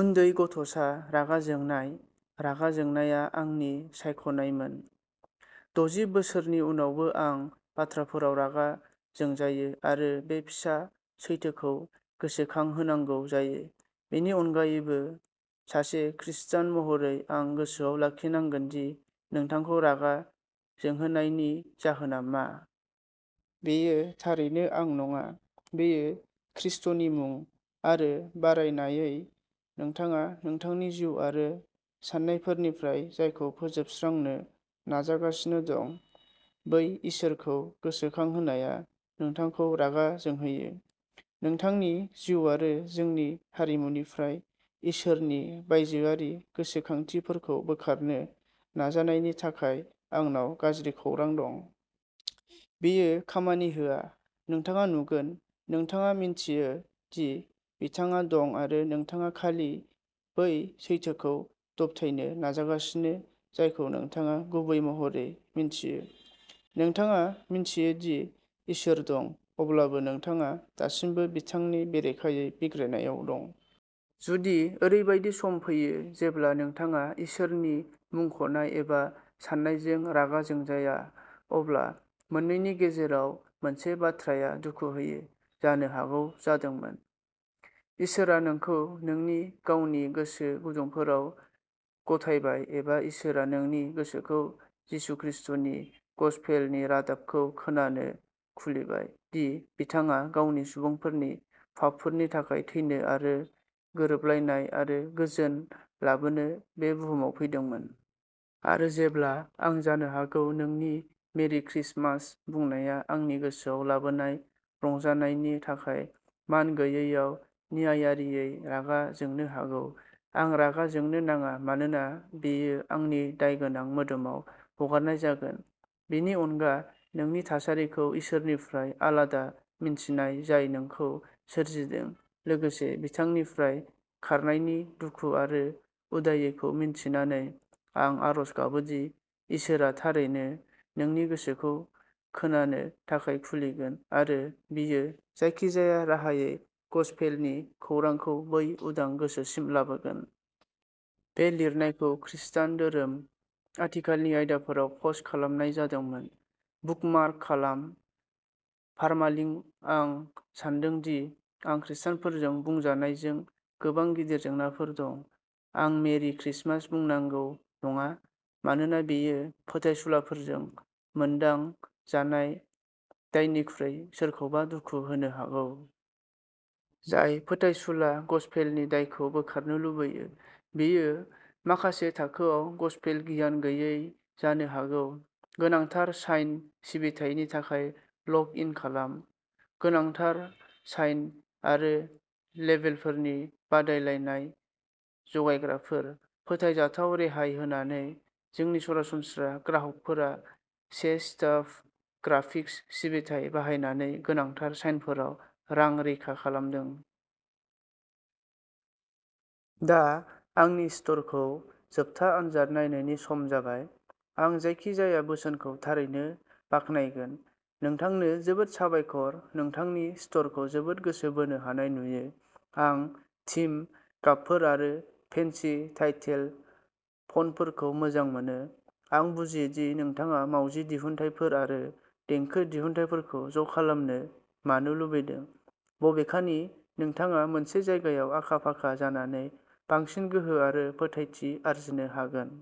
उन्दै गथ'सा, रागा जोंनाय रागा जोंनाया आंनि सायख'नायमोन। दजि बोसोरनि उनावबो आं बाथ्राफोराव रागा जोंजायो आरो बे फिसा सैथोखौ गोसोखांहोनांगौ जायो। बेनि अनगायैबो, सासे खृस्टान महरै, आं गोसोआव लाखिनांगोन दि नोंथांखौ' रागा जोंहोनाय'नि जाहोनआ मा। बेयो थारैनो आं नङा, बेयो खृस्टनि मुं, आरो बारायनायै, नोंथाङा नोंथांनि जिउ आरो साननायफोरनिफ्राय जायखौ फोजोबस्रांनो नाजागासिनो दं, बै इसोरखौ गोसोखांहोनाया नोंथांखौ रागा जोंहोयो। नोंथांनि जिउ आरो जोंनि हारिमुनिफ्राय इसोरनि बायजोआरि गोसोखांथिफोरखौ बोखारनो नाजानायनि थाखाय आंनाव गाज्रि खौरां दं। बेयो खामानि होआ। नोंथाङा नुगोन, नोंथाङा मिन्थियो दि बिथाङा दं आरो नोंथाङा खालि बै सैथोखौ दबथायनो नाजागासिनो जायखौ नोंथाङा गुबै महरै मिन्थियो। नोंथाङा मिन्थियोदि इसोर दं, अब्लाबो नोंथाङा दासिमबो बिथांनि बेरेखायै बिग्रायनायाव दं। जुदि ओरैबायदि सम फैयो जेब्ला नोंथाङा इसोरनि मुंख'नाय एबा साननायजों रागा जोंजाया, अब्ला मोननैनि गेजेराव मोनसे बाथ्राया दुखु होयो। जानो हागौ जादोंमोन। इसोरआ नोंखौ नोंनि गावनि गोसो गुदुंफोराव गथायबाय एबा इसोरआ नोंनि गोसोखौ जिसु खृष्टनि गसपेलनि रादाबखौ खोनानो खुलिबाय दि बिथाङा गावनि सुबुंफोरनि पापफोरनि थाखाय थैनो आरो गोरोबलायनाय आरो गोजोन लाबोनो बे बुहुमाव फैदोंमोन। आरो जेब्ला आं जानो हागौ नोंनि मेरि क्रिसमास बुंनाया आंनि गोसोआव लाबोनाय रंजानायनि थाखाय मान गैयैआव न्यायारियै रागा जोंनो हागौ, आं रागा जोंनो नाङा, मानोना बेयो आंनि दायगोनां मोदोमाव हगारनाय जागोन। बेनि अनगा, नोंनि थासारिखौ इसोरनिफ्राय आलादा मिन्थिनाय जाय नोंखौ सोरजिदों, लोगोसे बिथांनिफ्राय खारनायनि दुखु आरो उदायैखौ मिन्थिनानै, आं आरज गाबोदि इसोरआ थारैनो नोंनि गोसोखौ खोनानो थाखाय खुलिगोन, आरो बियो जायखिजाया राहायै गसपेलनि खौरांखौ बै उदां गोसोसिम लाबोगोन। बे लिरनायखौ खृस्टान धोरोम, आथिखालनि आयदाफोराव पस्ट खालामनाय जादोंमोन। बुकमार्क खालाम। पार्मालिंक आं सान्दों दि आं खृष्टानफोरजों बुंजानायजों गोबां गिदिर जेंनाफोर दं, आं मेरि क्रिसमास बुंनांगौ नङा, मानोना बेयो फोथायसुलाफोरजों मोनदां जानाय' दायनिख्रुइ सोरखौबा दुखु होनो हागौ। जाय फोथायसुला गसपेलनि दायखौ बोखारनो लुबैयो, बियो माखासे थाखोआव गसपेल गियान गैयै जानो हागौ। गोनांथार साइन सिबिथायनि थाखाय लग इन खालाम। गोनांथार साइन आरो लेबेलफोरनि बादायलायनाय जगायग्राफोर। फोथायजाथाव रेहाय होनानै जोंनि सरासनस्रा ग्राहकफोरा से स्टप ग्राफिक्स सिबिथाइ बाहायनानै गोनांथार साइनफोराव रां रैखा खालामदों। दा आंनि स्ट'रखौ जोबथा आनजाद नायनायनि सम जाबाय। आं जायखिजाया बोसोनखौ थारैनो बाख्नायगोन। नोंथांनो जोबोद साबायखर नोंथांनि स्ट'रखौ जोबोद गोसो बोनो हानाय नुयो। आं थीम गाबफोर आरो फेन्सि टाइटेल फन्टफोरखौ मोजां मोनो। आं बुजियो दि नोंथाङा मावजि दिहुनथायफोर आरो देंखो दिहुनथायफोरखौ ज'खालामनो मानो लुबैदों, बबेखानि नोंथाङा मोनसे जायगायाव आखा-फाखा जानानै बांसिन गोहो आरो फोथायथि आरजिनो हागोन।